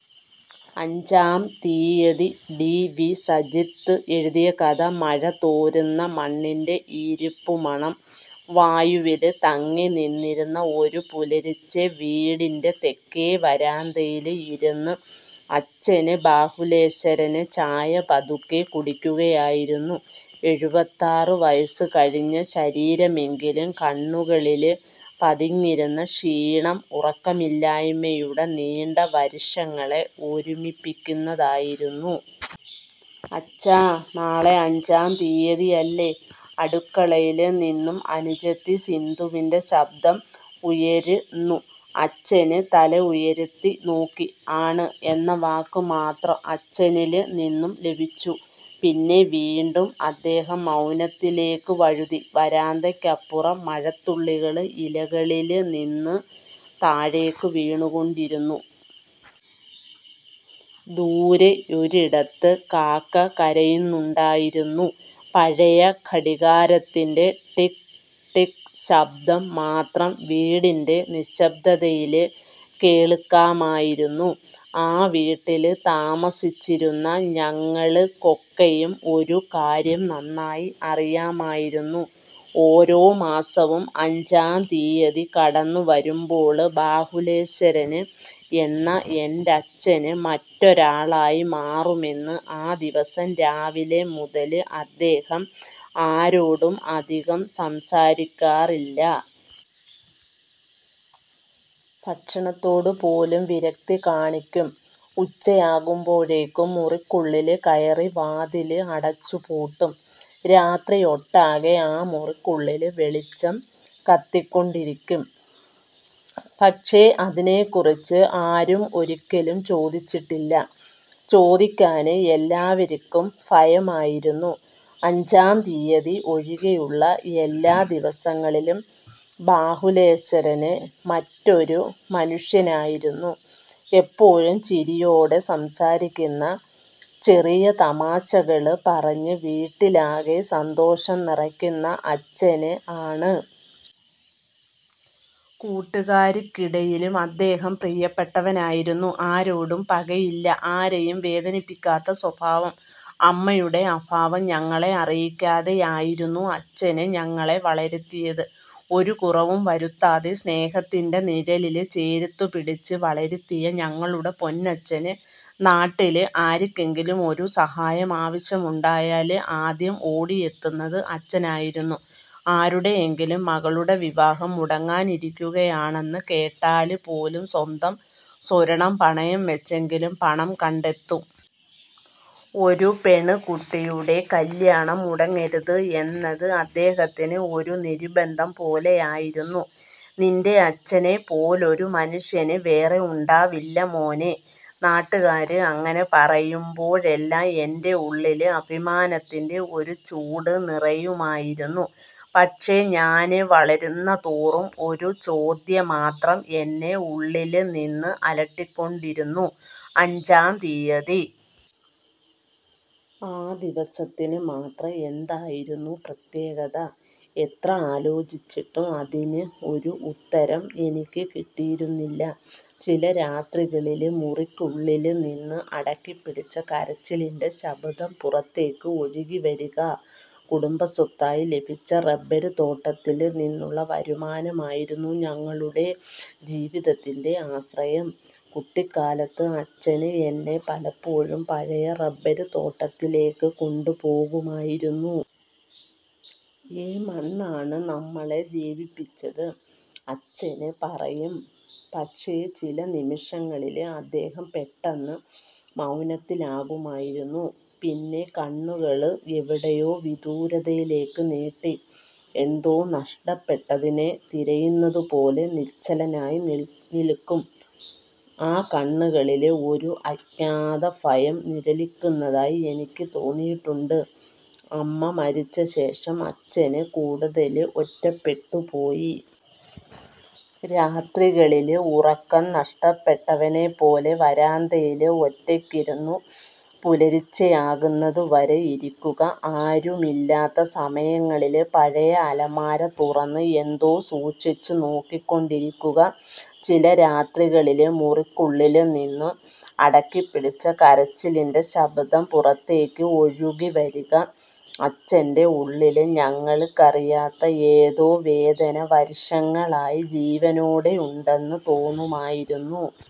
അഞ്ചാം തീയതി ടിവി സജിത് എഴുതിയ കഥ മഴ തോര്ന്ന മണ്ണിന്റെ ഈര്പ്പുമണം വായുവില് തങ്ങിനിന്നിരുന്ന ഒരു പുലര്ച്ചെ. വീടിന്റെ തെക്കേ വരാന്തയില് ഇരുന്ന് അച്ഛന്, ബാഹുലേശ്വരന് ചായ പതുക്കെ കുടിക്കുകയായിരുന്നു. എഴുപത്താറ് വയസ്സ് കഴിഞ്ഞ ശരീരമെങ്കിലും, കണ്ണുകളില് പതിഞ്ഞിരുന്ന ക്ഷീണം ഉറക്കമില്ലായ്മയുടെ നീണ്ട വര്ഷങ്ങളെ ഓര്മ്മിപ്പിക്കുന്നതായിരുന്നു. ''അച്ഛാ... നാളെ അഞ്ചാം തീയതിയല്ലേ? '' അടുക്കളയില് നിന്നും അനുജത്തി സിന്ധുവിന്റെ ശബ്ദം ഉയര്ന്നു. അച്ഛന് തല ഉയര്ത്തി നോക്കി. ''ആണ്... ' എന്ന വാക്ക് മാത്രം അച്ഛനില് നിന്നും ലഭിച്ചു. പിന്നെ വീണ്ടും അദ്ദേഹം മൗനത്തിലേക്ക് വഴുതി. വരാന്തയ്ക്കപ്പുറം മഴത്തുള്ളികള് ഇലകളില് നിന്ന് താഴേക്ക് വീണുകൊണ്ടിരുന്നു. ദൂരെയൊരിടത്ത് കാക്ക കരയുന്നുണ്ടായിരുന്നു. പഴയ ഘടികാരത്തിന്റെ ടിക്... ടിക്... ശബ്ദം മാത്രം വീടിന്റെ നിശബ്ദതയില് കേള്ക്കാമായിരുന്നു. ആ വീട്ടില് താമസിച്ചിരുന്ന ഞങ്ങള്ക്കൊക്കെയും ഒരു കാര്യം നന്നായി അറിയാമായിരുന്നു ഓരോ മാസവും അഞ്ചാം തീയതി കടന്നുവരുമ്പോള് ബാഹുലേശ്വരന് എന്ന എന്റച്ഛന് മറ്റൊരാളായി മാറുമെന്ന്. ആ ദിവസം രാവിലെ മുതല് അദ്ദേഹം ആരോടും അധികം സംസാരിക്കാറില്ല. ഭക്ഷണത്തോട് പോലും വിരക്തി കാണിക്കും. ഉച്ചയാകുമ്പോഴേക്കും മുറിക്കുള്ളില് കയറി വാതില് അടച്ചുപൂട്ടും. രാത്രിയൊട്ടാകെ ആ മുറിക്കുള്ളില് വെളിച്ചം കത്തിക്കൊണ്ടിരിക്കും. പക്ഷേ, അതിനെക്കുറിച്ച് ആരും ഒരിക്കലും ചോദിച്ചിട്ടില്ല. ചോദിക്കാന് എല്ലാവര്ക്കും ഭയമായിരുന്നു. അഞ്ചാം തീയതി ഒഴികെയുള്ള എല്ലാ ദിവസങ്ങളിലും ബാഹുലേശ്വരന് മറ്റൊരു മനുഷ്യനായിരുന്നു. എപ്പോഴും ചിരിയോടെ സംസാരിക്കുന്ന, ചെറിയ തമാശകള് പറഞ്ഞ് വീട്ടിലാകെ സന്തോഷം നിറയ്ക്കുന്ന അച്ഛന് ആണ്. കൂട്ടുകാര്ക്കിടയിലും അദ്ദേഹം പ്രിയപ്പെട്ടവനായിരുന്നു. ആരോടും പകയില്ല, ആരെയും വേദനിപ്പിക്കാത്ത സ്വഭാവം. അമ്മയുടെ അഭാവം ഞങ്ങളെ അറിയിക്കാതെയായിരുന്നു അച്ഛന് ഞങ്ങളെ വളര്ത്തിയത്. ഒരു കുറവും വരുത്താതെ, സ്നേഹത്തിന്റെ നിഴലില് ചേര്ത്തുപിടിച്ച് വളര്ത്തിയ ഞങ്ങളുടെ പൊന്നച്ഛന്. നാട്ടില് ആര്ക്കെങ്കിലും ഒരു സഹായം ആവശ്യമുണ്ടായാല് ആദ്യം ഓടിയെത്തുന്നത് അച്ഛനായിരുന്നു. ആരുടെയെങ്കിലും മകളുടെ വിവാഹം മുടങ്ങാനിരിക്കുകയാണെന്ന് കേട്ടാല് പോലും, സ്വന്തം സ്വര്ണം പണയം വെച്ചെങ്കിലും പണം കണ്ടെത്തും. ''ഒരു പെണ്കുട്ടിയുടെ കല്യാണം മുടങ്ങരുത്... ' എന്നത് അദ്ദേഹത്തിന് ഒരു നിര്ബന്ധം പോലെയായിരുന്നു. ''നിന്റെ അച്ഛനെ പോലൊരു മനുഷ്യന് വേറെ ഉണ്ടാവില്ല മോനേ... ' നാട്ടുകാര് അങ്ങനെ പറയുമ്പോഴെല്ലാം എന്റെ ഉള്ളില് അഭിമാനത്തിന്റെ ഒരു ചൂട് നിറയുമായിരുന്നു. പക്ഷേ, ഞാന് വളരുന്നതോറും ഒരു ചോദ്യമാത്രം എന്നെ ഉള്ളില്നിന്ന് അലട്ടിക്കൊണ്ടിരുന്നു, അഞ്ചാം തീയതി. ആ ദിവസത്തിന് മാത്രം എന്തായിരുന്നു പ്രത്യേകത? എത്ര ആലോചിച്ചിട്ടും അതിന് ഒരു ഉത്തരം എനിക്ക് കിട്ടിയിരുന്നില്ല. ചില രാത്രികളില് മുറിക്കുള്ളില് നിന്ന് അടക്കിപ്പിടിച്ച കരച്ചിലിന്റെ ശബ്ദം പുറത്തേക്ക് ഒഴുകിവരിക... കുടുംബസ്വത്തായി ലഭിച്ച റബ്ബര്തോട്ടത്തില് നിന്നുള്ള വരുമാനമായിരുന്നു ഞങ്ങളുടെ ജീവിതത്തിന്റെ ആശ്രയം. കുട്ടിക്കാലത്ത് അച്ഛന് എന്നെ പലപ്പോഴും പഴയ റബ്ബര്തോട്ടത്തിലേക്ക് കൊണ്ടുപോകുമായിരുന്നു. ''ഈ മണ്ണാണ് നമ്മളെ ജീവിപ്പിച്ചത്... ' അച്ഛന് പറയും. പക്ഷേ ചില നിമിഷങ്ങളില് അദ്ദേഹം പെട്ടെന്ന് മൗനത്തിലാകുമായിരുന്നു. പിന്നെ കണ്ണുകള് എവിടെയോ വിദൂരതയിലേക്ക് നീട്ടി, എന്തോ നഷ്ടപ്പെട്ടതിനെ തിരയുന്നതുപോലെ നിശ്ചലനായി നില്ക്കും. ആ കണ്ണുകളില് ഒരു അജ്ഞാതഭയം നിഴലിക്കുന്നതായി എനിക്ക് തോന്നിയിട്ടുണ്ട്. അമ്മ മരിച്ചശേഷം അച്ഛന് കൂടുതല് ഒറ്റപ്പെട്ടുപോയി. രാത്രികളില് ഉറക്കം നഷ്ടപ്പെട്ടവനെപ്പോലെ വരാന്തയില് ഒറ്റയ്ക്കിരുന്നു പുലര്ച്ചെയാകുന്നത് വരെ ഇരിക്കുക... ആരുമില്ലാത്ത സമയങ്ങളില് പഴയ അലമാര തുറന്ന് എന്തോ സൂക്ഷിച്ചു നോക്കിക്കൊണ്ടിരിക്കുക... ചില രാത്രികളില് മുറിക്കുള്ളില് നിന്ന് അടക്കിപ്പിടിച്ച കരച്ചിലിന്റെ ശബ്ദം പുറത്തേക്ക് ഒഴുകിവരിക... അച്ഛന്റെ ഉള്ളില് ഞങ്ങള്ക്കറിയാത്ത ഏതോ വേദന വര്ഷങ്ങളായി ജീവനോടെ ഉണ്ടെന്ന് തോന്നുമായിരുന്നു.